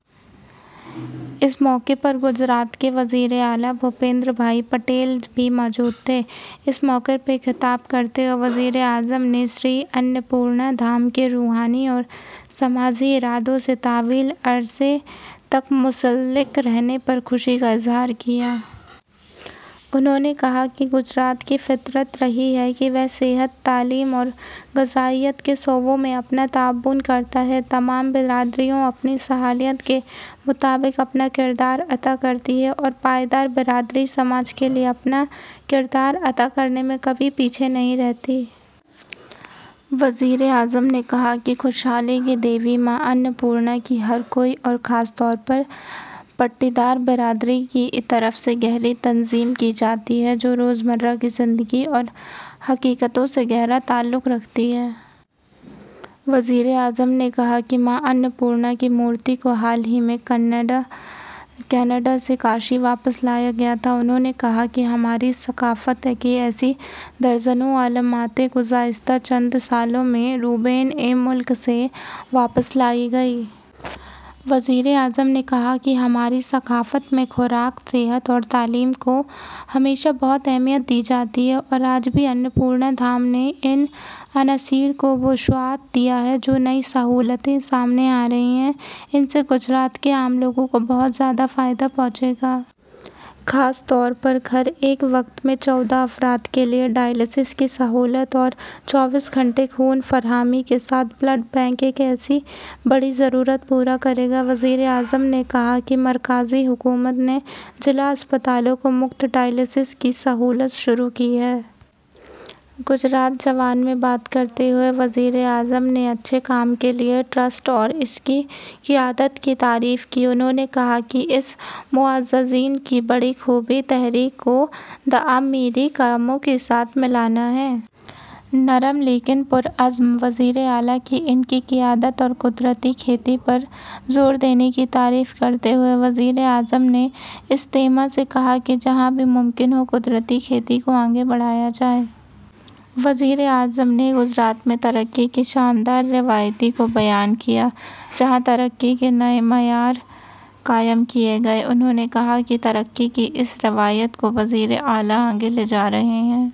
اس موقع پر گجرات کے وزیر اعلیٰ بھوپیندر بھائی پٹیل بھی موجود تھے۔ اس موقع پر خطاب کرتے ہوئے وزیر اعظم نے شری اناپورنا دھام کے روحانی اور سماجی اداروں سے طویل عرصے تک منسلک رہنے پر خوشی کا اظہار کیا۔ انہوں نے کہا کہ گجرات کی فطرت رہی ہے کہ وہ صحت، تعلیم اور غذائیت کے شعبے میں اپنا تعاون کرتا ہے۔ تمام برادریاں اپنی صلاحیت کے مطابق اپنا کردار ادا کرتی ہیں اور پاٹیدار برادری سماج کے لیے اپنا کردار ادا کرنے میں کبھی پیچھے نہیں رہتی۔ وزیر اعظم نے کہا کہ خوشحالی کی دیوی ماں اناپورنا کی ہر کوئی، اور خاص طور پر پاٹیدار برادری، کی طرف سے گہری تعظیم کی جاتی ہے، جو روزمرہ کی زندگی کی حقیقتوں سے گہرا تعلق رکھتی ہے۔ وزیر اعظم نے کہا کہ ماں اناپورنا کی مورتی کو حال ہی میں کینیڈا سے کاشی واپس لایا گیا تھا۔ انہوں نے کہا کہ ہماری ثقافت کی ایسی درجنوں علامتیں گزشتہ چند سالوں میں بیرونِ ملک سے واپس لائی گئی ہیں۔ وزیر اعظم نے کہا کہ ہماری ثقافت میں خوراک، صحت اور تعلیم کو ہمیشہ بہت اہمیت دی جاتی ہے اور آج شری اناپورنا دھام نے ان عناصر کو وسعت دی ہے۔ جو نئی سہولتیں سامنے آ رہی ہیں، ان سے گجرات کے عام لوگوں کو بہت زیادہ فائدہ پہنچے گا۔ خاص طور پر ایک وقت میں چودہ افراد کے لیے ڈائلیسس کی سہولت اور چوبیس گھنٹے خون کی فراہمی کے ساتھ بلڈ بینک ایک بڑی ضرورت کو پورا کرے گا۔ وزیر اعظم نے کہا کہ مرکزی حکومت نے ضلع اسپتالوں میں مفت ڈائلیسس کی سہولت شروع کی ہے۔ گجراتی زبان میں بات کرتے ہوئے وزیر اعظم نے اچھے کام کے لیے ٹرسٹ اور اس کی قیادت کی تعریف کی۔ انہوں نے کہا کہ ان معززین کی بڑی خوبی تحریک کو تعمیری کاموں کے ساتھ ملانا ہے۔ ’نرم لیکن پرعزم‘ وزیر اعلیٰ کی ان کی قیادت اور قدرتی کھیتی پر زور دینے کی تعریف کرتے ہوئے، وزیر اعظم نے اجتماع سے کہا کہ جہاں بھی ممکن ہو، قدرتی کھیتی کو آگے بڑھایا جائے۔ وزیر اعظم نے گجرات میں ترقی کی شاندار روایت کو بیان کیا، جہاں ترقی کے نئے معیارات قائم کیے گئے ہیں۔ انہوں نے کہا کہ ترقی کی اس روایت کو وزیر اعلیٰ آگے لے جا رہے ہیں۔